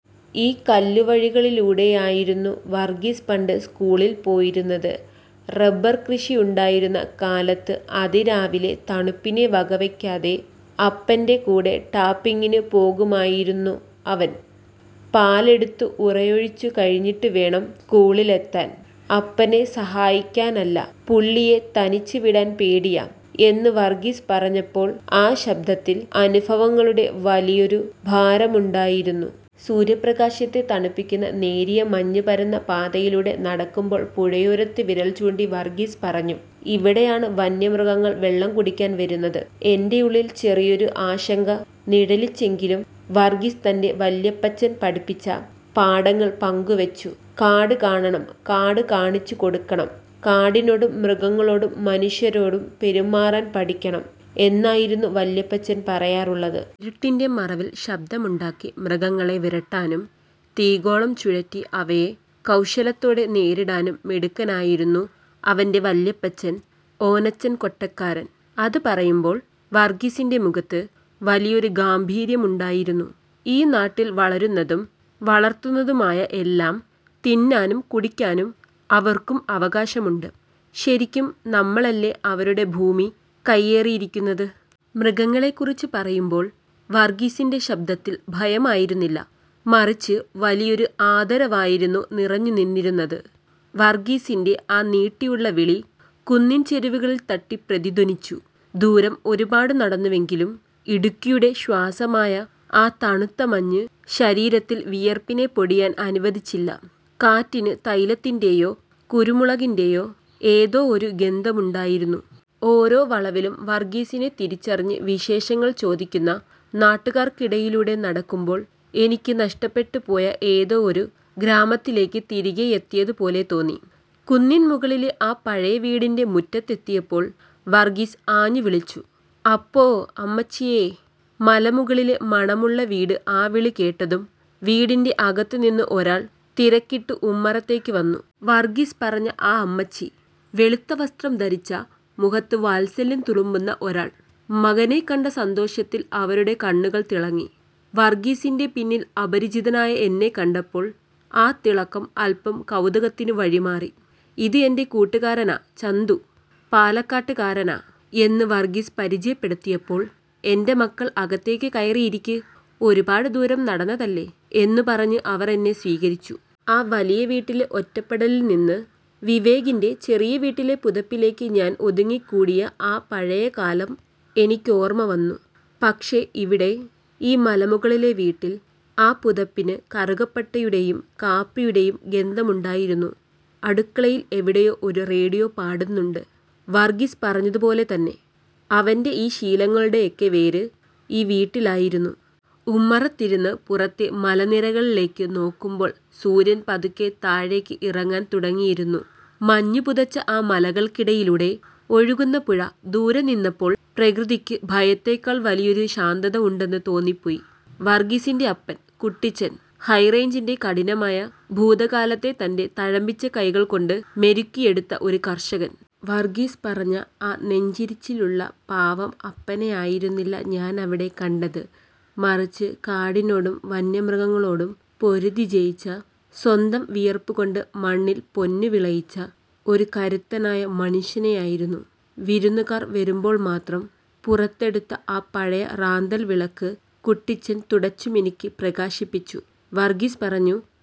ഈ കല്ലുവഴികളിലൂടെയായിരുന്നു വർഗീസ് പണ്ട് സ്കൂളിൽ പോയിരുന്നത്. റബ്ബർ കൃഷിയുണ്ടായിരുന്ന കാലത്ത്, അതിരാവിലെ തണുപ്പിനെ വകവെക്കാതെ അപ്പന്റെ കൂടെ ടാപ്പിംഗിന് പോകുമായിരുന്നു അവൻ. പാലെടുത്ത് ഉറയൊഴിച്ചു കഴിഞ്ഞിട്ട് വേണം സ്കൂളിലെത്താൻ. "അപ്പനെ സഹായിക്കാനല്ല, പുള്ളിയെ തനിച്ച് വിടാൻ പേടിയാ... " എന്ന് വർഗീസ് പറഞ്ഞപ്പോൾ ആ ശബ്ദത്തിൽ അനുഭവങ്ങളുടെ വലിയൊരു ഭാരമുണ്ടായിരുന്നു. സൂര്യപ്രകാശത്തെ തണുപ്പിക്കുന്ന നേരിയ മഞ്ഞ് പരന്ന പാതയിലൂടെ നടക്കുമ്പോൾ പുഴയോരത്തേക്ക് വിരൽചൂണ്ടി വർഗീസ് പറഞ്ഞു: "ഇവിടെയാണ് വന്യമൃഗങ്ങൾ വെള്ളം കുടിക്കാൻ വരുന്നത്. "। എന്റെ ഉള്ളിൽ ചെറിയൊരു ആശങ്ക നിഴലിച്ചെങ്കിലും വർഗീസ് തന്റെ വല്യപ്പച്ചൻ പഠിപ്പിച്ച പാഠങ്ങൾ പങ്കുവെച്ചു. "കാട് കാണണം, കാട് കാണിച്ചുകൊടുക്കണം. കാടിനോടും മൃഗങ്ങളോടും മനുഷ്യരോടും പെരുമാറാൻ പഠിക്കണം എന്നായിരുന്നു വല്യപ്പച്ചൻ പറയാറുള്ളത്. " ഇരുട്ടിന്റെ മറവിൽ ശബ്ദമുണ്ടാക്കി മൃഗങ്ങളെ വിരട്ടാനും തീഗോളം ചുഴറ്റി അവയെ കൗശലത്തോടെ നേരിടാനും മിടുക്കനായിരുന്നു അവന്റെ വല്യപ്പച്ചൻ ഓനാച്ചൻ കൊട്ടക്കാരൻ. അത് പറയുമ്പോൾ വർഗീസിന്റെ മുഖത്ത് വലിയൊരു ഗാംഭീര്യമുണ്ടായിരുന്നു. "ഈ നാട്ടിൽ വളരുന്നതും വളർത്തുന്നതുമായ എല്ലാം തിന്നാനും കുടിക്കാനും അവർക്കും അവകാശമുണ്ട്. ശരിക്കും നമ്മളല്ലേ അവരുടെ ഭൂമി കയ്യേറി ഇരിക്കുന്നത്? " മൃഗങ്ങളെക്കുറിച്ച് പറയുമ്പോൾ വർഗീസിന്റെ ശബ്ദത്തിൽ ഭയമായിരുന്നില്ല, മറിച്ച് വലിയൊരു ആദരവായിരുന്നു നിറഞ്ഞുനിന്നിരുന്നത്. വർഗീസിന്റെ ആ നീട്ടിയുള്ള വിളി കുന്നിൻചെരുവുകളിൽ തട്ടി പ്രതിധ്വനിച്ചു. ദൂരം ഒരുപാട് നടന്നുവെങ്കിലും, ഇടുക്കിയുടെ ശ്വാസമായ ആ തണുത്ത മഞ്ഞ് ശരീരത്തിൽ വിയർപ്പിനെ പൊടിയാൻ അനുവദിച്ചില്ല. കാറ്റിന് തൈലത്തിന്റെയോ കുരുമുളകിന്റെയോ ഏതോ ഒരു ഗന്ധമുണ്ടായിരുന്നു. ഓരോ വളവിലും വർഗീസിനെ തിരിച്ചറിഞ്ഞ് വിശേഷങ്ങൾ ചോദിക്കുന്ന നാട്ടുകാർക്കിടയിലൂടെ നടക്കുമ്പോൾ, എനിക്ക് നഷ്ടപ്പെട്ടുപോയ ഏതോ ഒരു ഗ്രാമത്തിലേക്ക് തിരികെ എത്തിയതുപോലെ തോന്നി. കുന്നിൻ മുകളിലെ ആ പഴയ വീടിന്റെ മുറ്റത്തെത്തിയപ്പോൾ വർഗീസ് ആഞ്ഞുവിളിച്ചു: "അപ്പോ.... അമ്മച്ചിയേ....! " മലമുകളിലെ മണമുള്ള വീട് ആ വിളി കേട്ടതും വീടിന്റെ അകത്തുനിന്ന് ഒരാൾ തിരക്കിട്ട് ഉമ്മറത്തേക്ക് വന്നു. വർഗീസ് പറഞ്ഞ ആ അമ്മച്ചി! വെളുത്ത വസ്ത്രം ധരിച്ച, മുഖത്ത് വാത്സല്യം തുളുമ്പുന്ന ഒരാൾ. മകനെ കണ്ട സന്തോഷത്തിൽ അവരുടെ കണ്ണുകൾ തിളങ്ങി. വർഗീസിന്റെ പിന്നിൽ അപരിചിതനായ എന്നെ കണ്ടപ്പോൾ ആ തിളക്കം അല്പം കൗതുകത്തിന് വഴിമാറി. "ഇത് എന്റെ കൂട്ടുകാരനാ ചന്തു. പാലക്കാട്ടുകാരനാ... " എന്ന് വർഗീസ് പരിചയപ്പെടുത്തിയപ്പോൾ, "എന്റെ മക്കൾ അകത്തേക്ക് കയറി ഇരിക്ക്, ഒരുപാട് ദൂരം നടന്നതല്ലേ " എന്നുപറഞ്ഞ് അവർ എന്നെ സ്വീകരിച്ചു. ആ വലിയ വീട്ടിലെ ഒറ്റപ്പെടലിൽ നിന്ന് വിവേകിന്റെ ചെറിയ വീട്ടിലെ പുതപ്പിലേക്ക് ഞാൻ ഒതുങ്ങിക്കൂടിയ ആ പഴയ കാലം എനിക്ക് ഓർമ്മ വന്നു. പക്ഷേ ഇവിടെ, ഈ മലമുകളിലെ വീട്ടിൽ, ആ പുതപ്പിന് കറുവപ്പട്ടയുടെയും കാപ്പിയുടെയും ഗന്ധമുണ്ടായിരുന്നു. അടുക്കളയിൽ എവിടെയോ ഒരു റേഡിയോ പാടുന്നുണ്ട്. വർഗീസ് പറഞ്ഞതുപോലെ തന്നെ, അവന്റെ ഈ ശീലങ്ങളുടെയൊക്കെ വേര് ഈ വീട്ടിലായിരുന്നു. ഉമ്മറത്തിരുന്ന് പുറത്തെ മലനിരകളിലേക്ക് നോക്കുമ്പോൾ, സൂര്യൻ പതുക്കെ താഴേക്ക് ഇറങ്ങാൻ തുടങ്ങിയിരുന്നു. മഞ്ഞ് പുതച്ച ആ മലകൾക്ക് ഇടയിലൂടെ ഒഴുകുന്ന പുഴ ദൂരെ നിന്നപ്പോൾ പ്രകൃതിക്ക് ഭയത്തേക്കാൾ വലിയൊരു ശാന്തത ഉണ്ടെന്ന് തോന്നിപ്പോയി. വർഗീസിന്റെ അപ്പൻ, കുട്ടിച്ചൻ. ഹൈറേഞ്ചിന്റെ കഠിനമായ ഭൂതകാലത്തെ തന്റെ തഴമ്പിച്ച കൈകൾ കൊണ്ട് മെരുക്കിയെടുത്ത ഒരു കർഷകൻ. വർഗീസ് പറഞ്ഞ ആ 'നെഞ്ചിരിച്ചിലുള്ള' പാവം അപ്പനെയായിരുന്നില്ല ഞാൻ അവിടെ കണ്ടത്. മറിച്ച്, കാടിനോടും വന്യമൃഗങ്ങളോടും പൊരുതി ജയിച്ച, സ്വന്തം വിയർപ്പുകൊണ്ട് മണ്ണിൽ പൊന്നുവിളയിച്ച ഒരു കരുത്തനായ മനുഷ്യനെയായിരുന്നു. വിരുന്നുകാർ വരുമ്പോൾ മാത്രം പുറത്തെടുക്കുന്ന ആ പഴയ റാന്തൽ വിളക്ക് കുട്ടിച്ചൻ തുടച്ചു മിനുക്കി പ്രകാശിപ്പിച്ചു. വർഗീസ് പറഞ്ഞു